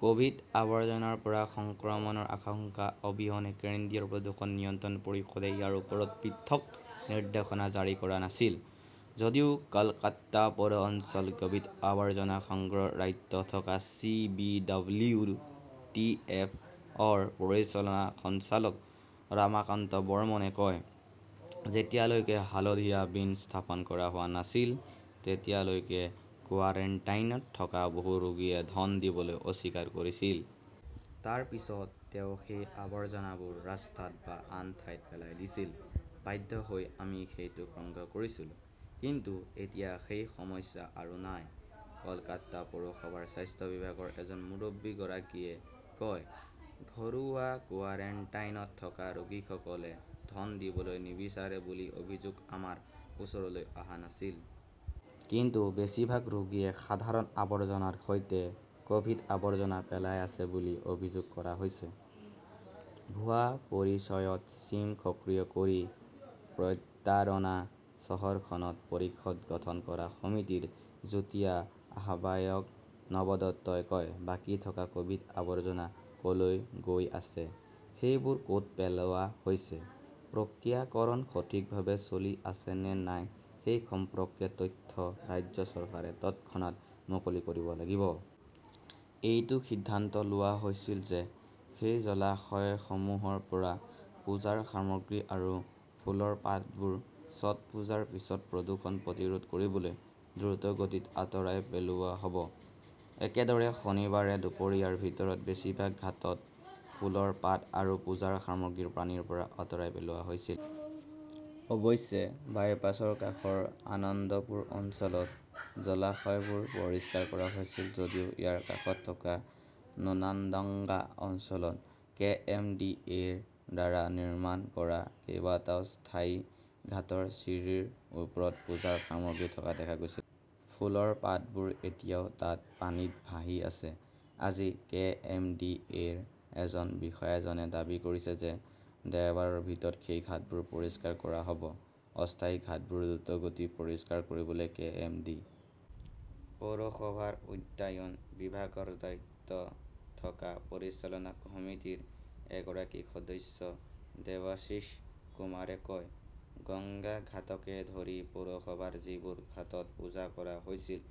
Covid আৱৰ্জনাৰ পৰা সংক্ৰমণৰ আশংকা অবিহনে কেন্দ্ৰীয় প্ৰদূষণ নিয়ন্ত্ৰণ পৰিষদে ইয়াৰ ওপৰত পৃথক নিৰ্দেশনা জাৰি কৰা নাছিল। যদিও কলকাতা পৌৰ অঞ্চলত ক'ভিড আৱৰ্জনা সংগ্ৰহৰ দায়িত্বত থকা C. B. W. T. F. ৰ পৰিচালন সঞ্চালক ৰামকান্ত বৰ্মনে কয়, যেতিয়ালৈকে হালধীয়া বীন স্থাপন কৰা হোৱা নাছিল তেতিয়ালৈকে কোৱাৰাণ্টাইনত থকা বহু ৰোগীয়ে ধন দিবলৈ অস্বীকাৰ কৰিছিল। তাৰ পিছত তেওঁ সেই আৱৰ্জনাবোৰ ৰাস্তাত বা আন ঠাইত পেলাই দিছিল। বাধ্য হৈ আমি সেইটো সংগ্ৰহ কৰিছিলো। কিন্তু এতিয়া সেই সমস্যা আৰু নাই। কলকাতা পৌৰসভাৰ স্বাস্থ্য বিভাগৰ এজন মুৰব্বীগৰাকীয়ে কয়, ঘৰুৱা কোৱাৰাণ্টাইনত থকা ৰোগীসকলে ধন দিবলৈ নিবিচাৰে বুলি অভিযোগ আমাৰ ওচৰলৈ অহা নাছিল। কিন্তু বেছিভাগ ৰোগীয়ে সাধাৰণ আৱৰ্জনাৰ সৈতে ক'ভিড আৱৰ্জনা পেলাই আছে বুলি অভিযোগ কৰা হৈছে। ভুৱা পৰিচয়ত ছিম সক্ৰিয় কৰি প্ৰতাৰণা চহৰখনত পৰিষদ গঠন কৰা সমিতিৰ যুটীয়া আহ্বায়ক নব দত্তই কয়, বাকী থকা ক'ভিড আৱৰ্জনা কলৈ গৈ আছে, সেইবোৰ কত পেলোৱা হৈছে, প্ৰক্ৰিয়াকৰণ সঠিকভাৱে চলি আছে নে নাই সেই সম্পৰ্কে তথ্য ৰাজ্য চৰকাৰে তৎক্ষণাত মুকলি কৰিব লাগিব। এইটো সিদ্ধান্ত লোৱা হৈছিল যে সেই জলাশয়সমূহৰ পৰা পূজাৰ সামগ্ৰী আৰু ফুলৰ পাতবোৰ ছটপুজাৰ পিছত প্ৰদূষণ প্ৰতিৰোধ কৰিবলৈ দ্ৰুতগতিত আঁতৰাই পেলোৱা হ'ব। একেদৰে, শনিবাৰে দুপৰীয়াৰ ভিতৰত বেছিভাগ ঘাটত ফুলৰ পাত আৰু পূজাৰ সামগ্ৰী পানীৰ পৰা আঁতৰাই পেলোৱা হৈছিল। অৱশ্যে, বাইপাছৰ কাষৰ আনন্দপুৰ অঞ্চলত জলাশয়বোৰ পৰিষ্কাৰ কৰা হৈছিল যদিও ইয়াৰ কাষত থকা নোনাডাঙ্গা অঞ্চলত কে. এম. ডি. এ. -ৰ দ্বাৰা নিৰ্মাণ কৰা কেইবাটাও স্থায়ী ঘাটৰ চিৰিৰ ওপৰত পূজাৰ সামগ্ৰী থকা দেখা গৈছিল। ফুলৰ পাতবোৰ এতিয়াও তাত পানীত ভাহি আছে। আজি, কে. এম. ডি. এ. -ৰ এজন বিষয়াজনে দাবী কৰিছে যে দেওবাৰৰ ভিতৰত সেই ঘাটবোৰ পৰিষ্কাৰ কৰা হ 'ব। অস্থায়ী ঘাটবোৰ দ্ৰুতগতিত পৰিষ্কাৰ কৰিবলৈ কে. এম. ডি. পৌৰসভাৰ উদ্যান বিভাগৰ দায়িত্বত থকা পৰিচালনা সমিতিৰ এগৰাকী সদস্য দেৱশীশ কুমাৰে কয়, গংগা ঘাটকে ধৰি পৌৰসভাৰ যিবোৰ ঘাটত পূজা কৰা হৈছিল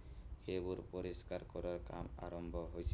সেইবোৰ পৰিষ্কাৰ কৰাৰ কাম আৰম্ভ হৈছে।